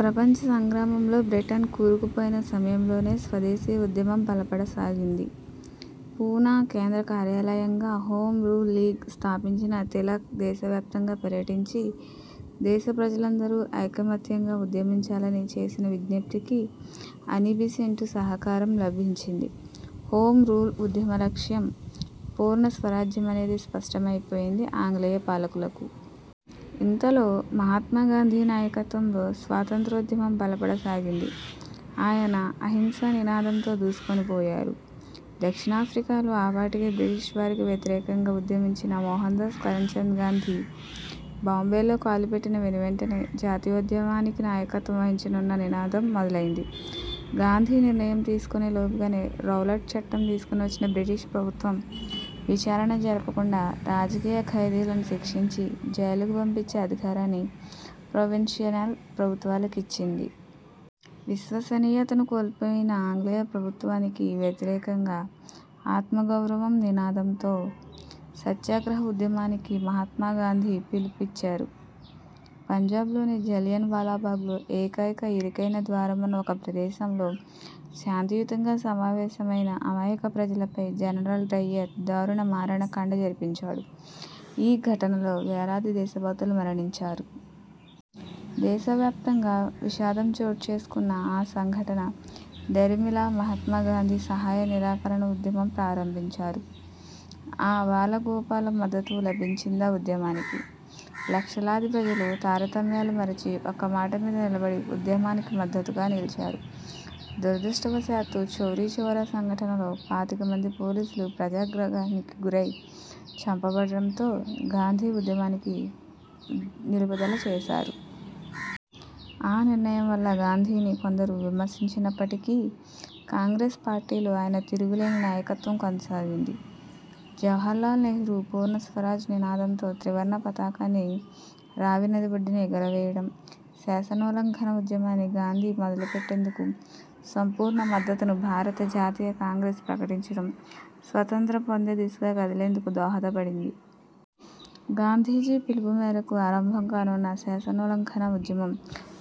ప్రపంచ సంగ్రామంలో బ్రిటన్ కూరుకుపోయిన సమయంలోనే, స్వదేశీ ఉద్యమం బలపడ సాగింది. పూనా కేంద్ర కార్యాలయంగా, హోం రూల్ లీగ్ స్థాపించిన తిలక్ దేశ వ్యాప్తంగా పర్యటించి, దేశ ప్రజలందరూ ఐకమత్యంగా ఉద్యమించాలని చేసిన విజ్ఞప్తికి అనీబీసెంటు సహకారం లభించింది. హోం రూల్ ఉద్యమ లక్ష్యం పూర్ణ స్వరాజ్యమనేది స్పష్టమైపోయింది ఆంగ్లేయ పాలకులకు. ఇంతలో, మహాత్మా గాంధీ నాయకత్వంలో స్వాతంత్ర్యోద్యమం బలపడ సాగింది. ఆయన 'అహింస' నినాదంతో దూసుకుని పోయారు. దక్షిణాఫ్రికాలో ఆపాటికే బ్రిటీష్ వారికి వ్యతిరేకంగా ఉద్యమించిన మోహన్ దాస్ కరంచంద్ గాంధీ, బాంబేలో కాలుపెట్టిన వెనువెంటనే, జాతీయోద్యమానికి నాయకత్వం వహించమన్న నినాదం మొదలైంది. గాంధీ నిర్ణయం తీసుకునే లోపుగానే, రౌలట్ చట్టం తీసుకొని వచ్చిన బ్రిటీష్ ప్రభుత్వం, విచారణ జరపకుండా, రాజకీయ ఖైదీలను శిక్షించి, జైలుకు పంపించే అధికారాన్ని ప్రొవిన్షియల్ ప్రభుత్వాలకిచ్చింది. విశ్వసనీయతను కోల్పోయిన ఆంగ్లేయ ప్రభుత్వానికి వ్యతిరేకంగా, 'ఆత్మ గౌరవం నినాదంతో. సత్యాగ్రహ ఉద్యమానికి మహాత్మా గాంధీ పిలుపిచ్చారు. పంజాబ్ లోని జలియన్ వాలాబాగ్లో, ఏకైక ఇరుకైన ద్వారమున్న ఒక ప్రదేశంలో శాంతియుతంగా సమావేశమైన అమాయక ప్రజలపై జనరల్ డయ్యర్ దారుణ-మారణ కాండ జరిపించాడు. ఈ ఘటనలో వేలాది దేశభక్తులు మరణించారు. దేశ వ్యాప్తంగా విషాదం చోటు చేసుకున్న ఆ సంఘటన దరిమిలా మహాత్మా గాంధీ సహాయ నిరాకరణ ఉద్యమం ప్రారంభించారు. ఆబాల గోపాలం మద్దతు లభించిందా ఉద్యమానికి. లక్షలాది ప్రజలు, తారతమ్యాలు మరిచి, ఒక్క మాట మీద నిలబడి ఉద్యమానికి మద్దతుగా నిలిచారు. దురదృష్ట వశాత్తు చౌరీచౌరా సంఘటనలో పాతిక మంది పోలీసులు ప్రజాగ్రహానికి గురై చంప బడడంతో, గాంధీ ఉద్యమాన్ని నిలుపుదల చేశారు. ఆ నిర్ణయం వల్ల గాంధీని కొందరు విమర్శించినప్పటికీ, కాంగ్రెస్ పార్టీలో ఆయన తిరుగులేని నాయకత్వం కొనసాగింది. జవహర్లాల్ నెహ్రూ పూర్ణ స్వరాజ్ నినాదంతో త్రివర్ణ పతాకాన్ని రావి నది ఒడ్డున ఎగురవేయడం, శాసనోల్లంఘన ఉద్యమాన్ని గాందీ మొదలెట్టేందుకు సంపూర్ణ మద్దతును భారత జాతీయ కాంగ్రెస్ ప్రకటించడం, స్వతంత్రం పొందే దిశగా కదిలేందుకు దోహద పడింది. గాంధీజీ పిలుపు మేరకు ఆరంభం కానున్న శాసనోల్లంఘన ఉద్యమం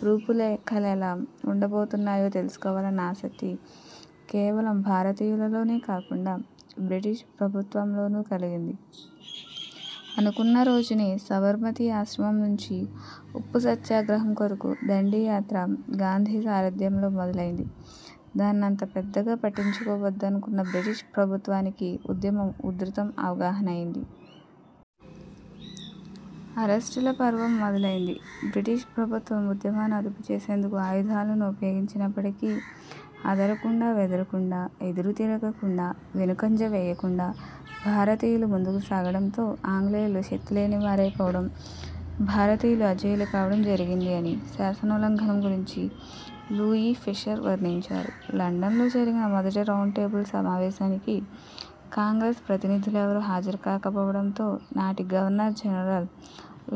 రూపురేఖలెలా వుండబోతున్నాయో తెలుసుకోవాలన్న ఆసక్తి కేవలం భారతీయులలోనే కాకుండా, బ్రిటీష్ ప్రభుత్వంలోనూ కలిగింది. అనుకున్న రోజునే, సబర్మతీ ఆశ్రమం నుంచి, ఉప్పు సత్యాగ్రహం కొరకు 'దండి' యాత్ర గాంధీ సారథ్యంలో మొదలైంది. దాన్నంత పెద్దగా పట్టించుకోవద్దునుకున్న బ్రిటీష్ ప్రభుత్వానికి ఉద్యమం ఉధృతం అవగాహనైంది. అరెస్టుల పర్వం మొదలైంది. 'బ్రిటీష్ ప్రభుత్వం ఉద్యమాన్ని అదుపుచేసేందుకు ఆయుధాలను ఉపయోగించినప్పటికీ, అదరకుండా-బెదరకుండా, ఎదురుతిరగకుండా, వెనుకంజ వేయకుండా, భారతీయులు ముందుకు సాగడంతో, ఆంగ్లేయులు శక్తిలేని వారై పోవడం-భారతీయులు అజేయులు కావడం జరిగింది' అని శాసనోల్లంఘనం గురించి లూయి ఫిషర్ వర్ణించారు. లండన్ లో జరిగిన మొదటి రౌండ్ టేబుల్ సమావేశానికి కాంగ్రెస్ ప్రతినిధులెవరు హాజరు కాకపోవడంతో, నాటి గవర్నర్ జనరల్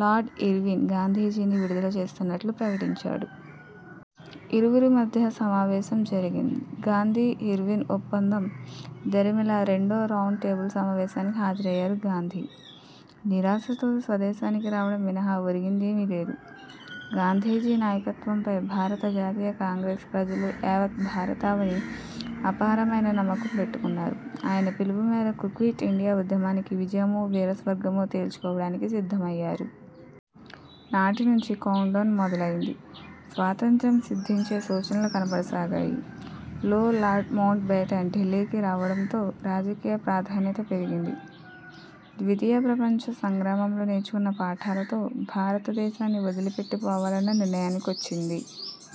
లార్డ్ ఇర్విన్ గాంధీజీని విడుదల చేస్తున్నట్లు ప్రకటించాడు. ఇరువురి మధ్య సమావేశం జరిగింది. గాంధీ-–ఇర్విన్ ఒప్పందం దరిమిలా రెండో రౌండ్ టేబుల్ సమావేశానికి హాజరయ్యారు గాంధీ. నిరాశతో స్వదేశానికి రావడం మినహా ఒరిగిందేమీ లేదు. గాంధీజీ నాయకత్వంపై భారత జాతీయ కాంగ్రెస్, ప్రజలు, యావత్ భారతావని, అపారమైన నమ్మకం పెట్టుకున్నారు. ఆయన పిలుపు మేరకు క్విట్ ఇండియా ఉద్యమానికి, విజయమో-వీర స్వర్గమో తేల్చుకోవడానికి సిద్ధమయ్యారు. నాటినుంచి కౌంట్ డౌన్ మొదలైంది. స్వాతంత్ర్యం సిద్ధించే సూచనలు కనపడ సాగాయి. లో లార్డ్ మౌంట్ బేటన్ ఢిల్లీకి రావడంతో రాజకీయ ప్రాధాన్యత పెరిగింది. ద్వితీయ ప్రపంచ సంగ్రామంలో నేర్చుకున్న పాఠాలతో భారత దేశాన్ని వదిలిపెట్టి పోవాలన్న నిర్ణయానికొచ్చింది